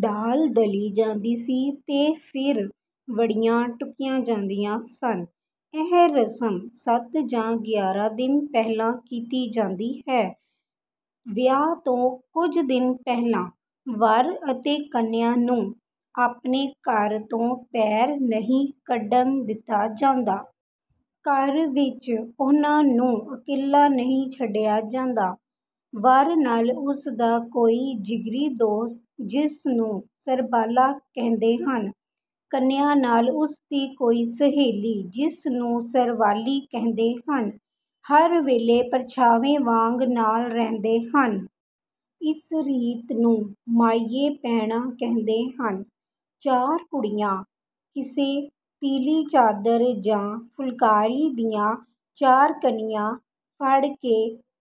ਦਾਲ ਦਲੀ ਜਾਂਦੀ ਸੀ ਤੇ ਫਿਰ ਵੜੀਆਂ ਟੁੱਕੀਆਂ ਜਾਂਦੀਆਂ ਸਨ। ਇਹ ਰਸਮ ਸੱਤ ਜਾਂ ਗਿਆਰਾਂ ਦਿਨ ਪਹਿਲਾਂ ਕੀਤੀ ਜਾਂਦੀ ਹੈ। ਵਿਆਹ ਤੋਂ ਕੁਝ ਦਿਨ ਪਹਿਲਾਂ ਵਰ ਅਤੇ ਕੰਨਿਆ ਨੂੰ ਆਪਣੇ ਘਰ ਤੋਂ ਪੈਰ ਨਹੀਂ ਕੱਢਣ ਦਿੱਤਾ ਜਾਂਦਾ। ਘਰ ਵਿੱਚ ਉਹਨਾਂ ਨੂੰ ਇਕੱਲਾ ਨਹੀਂ ਛੱਡਿਆ ਜਾਂਦਾ। ਵਰ ਨਾਲ ਉਸਦਾ ਕੋਈ ਜਿਗਰੀ ਦੋਸਤ ਜਿਸਨੂੰ ਸਰਬਾਲਾ ਕਹਿੰਦੇ ਹਨ। ਕੰਨਿਆ ਨਾਲ ਉਸਦੀ ਕੋਈ ਸਹੇਲੀ ਜਿਸਨੂੰ ਸਰਵਾਲੀ ਕਹਿੰਦੇ ਹਨ। ਹਰ ਵੇਲੇ ਪਰਛਾਵੇ ਵਾਂਗ ਨਾਲ ਰਹਿੰਦੇ ਹਨ। ਇਸ ਰੀਤ ਨੂੰ ਮਾਈਏ ਪੈਣਾ ਕਹਿੰਦੇ ਹਨ। ਚਾਰ ਕੁੜੀਆਂ ਕਿਸੇ ਪੀਲੀ ਚਾਦਰ ਜਾਂ ਫੁਲਕਾਰੀ ਦੀਆਂ ਚਾਰ ਕੰਨੀਆਂ ਫੜ ਕੇ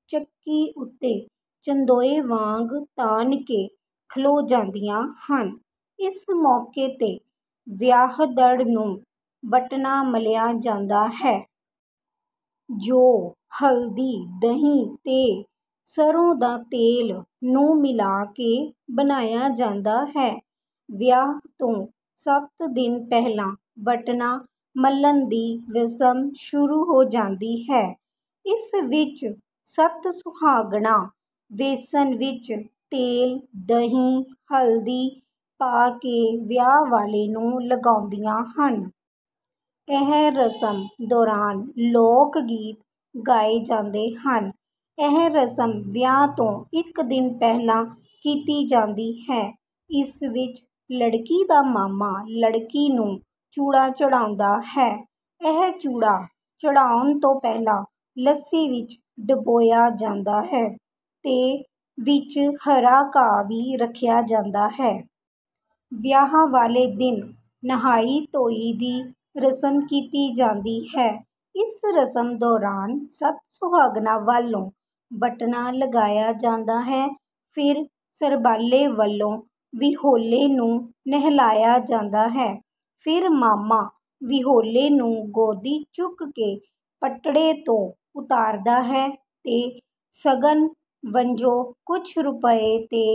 ਚੱਕੀ ਉੱਤੇ ਚੰਦੋਏ ਵਾਂਗ ਤਾਣ ਕੇ ਖਲੋ ਜਾਂਦੀਆਂ ਹਨ। ਇਸ ਮੌਕੇ ਤੇ ਵਿਆਹਦੜ ਨੂੰ ਵਟਣਾ ਮਲਿਆ ਜਾਂਦਾ ਹੈ। ਜੋ ਹਲਦੀ ਦਹੀ ਤੇ ਸਰੋਂ ਦਾ ਤੇਲ ਨੂੰ ਮਿਲਾ ਕੇ ਬਣਾਇਆ ਜਾਂਦਾ ਹੈ। ਵਿਆਹ ਤੋਂ ਸੱਤ ਦਿਨ ਪਹਿਲਾਂ ਵੱਟਣਾ ਮਲਣ ਦੀ ਰਸਮ ਸ਼ੁਰੂ ਹੋ ਜਾਂਦੀ ਹੈ। ਇਸ ਵਿੱਚ ਸੱਤ ਸੁਹਾਗਣਾਂ ਵੈਸਣ ਵਿੱਚ ਤੇਲ ਦਹੀ ਹਲਦੀ ਪਾ ਕੇ ਵਿਆਹ ਵਾਲੇ ਨੂੰ ਲਗਾਉਂਦੀਆਂ ਹਨ। ਇਹ ਰਸਮ ਦੌਰਾਨ ਲੋਕ ਗੀਤ ਗਾਏ ਜਾਂਦੇ ਹਨ। ਇਹ ਰਸਮ ਵਿਆਹ ਤੋਂ ਇੱਕ ਦਿਨ ਪਹਿਲਾਂ ਕੀਤੀ ਜਾਂਦੀ ਹੈ। ਇਸ ਵਿੱਚ ਲੜਕੀ ਦਾ ਮਾਮਾ ਲੜਕੀ ਨੂੰ ਚੂੜਾ ਚੜਾਉਂਦਾ ਹੈ। ਇਹ ਚੂੜਾ ਚੜਾਉਣ ਤੋਂ ਪਹਿਲਾਂ ਲੱਸੀ ਵਿੱਚ ਡੁਬੋਇਆ ਜਾਂਦਾ ਹੈ ਤੇ ਵਿੱਚ ਹਰਾ ਘਾਹ ਵੀ ਰੱਖਿਆ ਜਾਂਦਾ ਹੈ। ਵਿਆਹ ਵਾਲੇ ਦਿਨ ਨਹਾਈ ਧੋਈ ਦੀ ਰਸਮ ਕੀਤੀ ਜਾਂਦੀ ਹੈ। ਇਸ ਰਸਮ ਦੌਰਾਨ ਸੱਤ ਸੁਹਾਗਣਾਂ ਵੱਲੋਂ ਵੱਟਣਾ ਲਗਾਇਆ ਜਾਂਦਾ ਹੈ ਫਿਰ ਸਰਬਾਲੇ ਵੱਲੋਂ ਵਿਹੋਲੇ ਨੂੰ ਨਹਲਾਇਆ ਜਾਂਦਾ ਹੈ। ਫਿਰ ਮਾਮਾ ਵਿਹੋਲੇ ਨੂੰ ਗੋਦੀ ਚੁੱਕ ਕੇ ਪਟੜੇ ਤੋਂ ਉਤਾਰਦਾ ਹੈ ਤੇ ਸ਼ਗਨ ਵਜੋਂ ਕੁੱਝ ਰੁਪਏ ਤੇ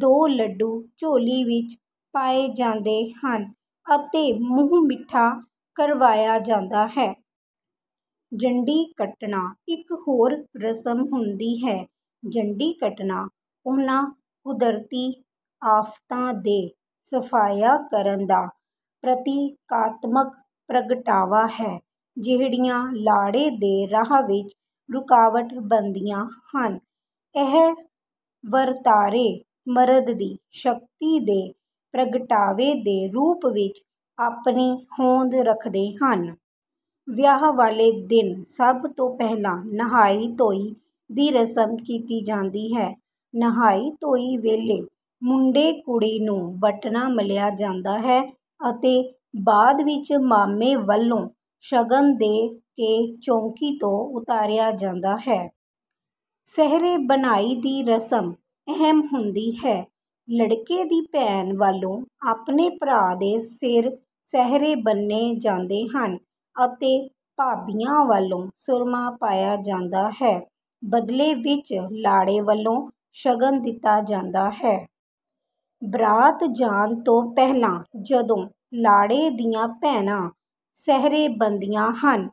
ਦੋ ਲੱਡੂ ਝੋਲੀ ਵਿੱਚ ਪਾਏ ਜਾਂਦੇ ਹਨ ਅਤੇ ਮੂੰਹ ਮਿੱਠਾ ਕਰਾਇਆ ਜਾਂਦਾ ਹੈ। ਜੰਡੀ ਕੱਟਣਾ ਇੱਕ ਹੋਰ ਰਸਮ ਹੁੰਦੀ ਹੈ। ਜੰਡੀ ਕੱਟਣਾ ਉਹਨਾਂ ਕੁਦਰਤੀ ਆਫਤਾਂ ਦੇ ਸਫਾਇਆ ਕਰਨ ਦਾ ਪ੍ਰਤੀਕਾਤਮਕ ਪ੍ਰਗਟਾਵਾ ਹੈ ਜਿਹੜੀਆਂ ਲਾੜੇ ਦੇ ਰਾਹ ਵਿੱਚ ਰੁਕਾਵਟ ਬਣਦੀਆਂ ਹਨ। ਇਹ ਵਰਤਾਰੇ ਮਰਦ ਦੀ ਸ਼ਕਤੀ ਦੇ ਪ੍ਰਗਟਾਵੇ ਦੇ ਰੂਪ ਵਿੱਚ ਆਪਣੀ ਹੋਂਦ ਰੱਖਦੇ ਹਨ। ਵਿਆਹ ਵਾਲੇ ਦਿਨ ਸਭ ਤੋਂ ਪਹਿਲਾਂ ਨਹਾਈ ਧੋਈ ਦੀ ਰਸਮ ਕੀਤੀ ਜਾਂਦੀ ਹੈ। ਨਹਾਈ ਧੋਈ ਵੇਲੇ ਮੁੰਡੇ ਕੁੜੀ ਨੂੰ ਵਟਣਾ ਮਲਿਆ ਜਾਂਦਾ ਹੈ ਅਤੇ ਬਾਅਦ ਵਿੱਚ ਮਾਮੇ ਵੱਲੋਂ ਸ਼ਗਨ ਦੇ ਕੇ ਚੌਂਕੀ ਤੋਂ ਉਤਾਰਿਆ ਜਾਂਦਾ ਹੈ। ਸਿਹਰੇ ਬੰਨ੍ਹਾਈ ਦੀ ਰਸਮ ਅਹਿਮ ਹੁੰਦੀ ਹੈ। ਲੜਕੇ ਦੀ ਭੈਣ ਵੱਲੋਂ ਆਪਣੇ ਭਰਾ ਦੇ ਸਿਰ ਸਿਹਰੇ ਬੰਨ੍ਹੇ ਜਾਂਦੇ ਹਨ ਅਤੇ ਭਾਬੀਆਂ ਵੱਲੋਂ ਸੁਰਮਾ ਪਾਇਆ ਜਾਂਦਾ ਹੈ। ਬਦਲੇ ਵਿੱਚ ਲਾੜੇ ਵੱਲੋਂ ਸ਼ਗਨ ਦਿੱਤਾ ਜਾਂਦਾ ਹੈ। ਬਰਾਤ ਜਾਣ ਤੋਂ ਪਹਿਲਾਂ ਜਦੋਂ ਲਾੜੇ ਦੀਆਂ ਭੈਣਾਂ ਸਿਹਰੇ ਬੰਨ੍ਹਦੀਆਂ ਹਨ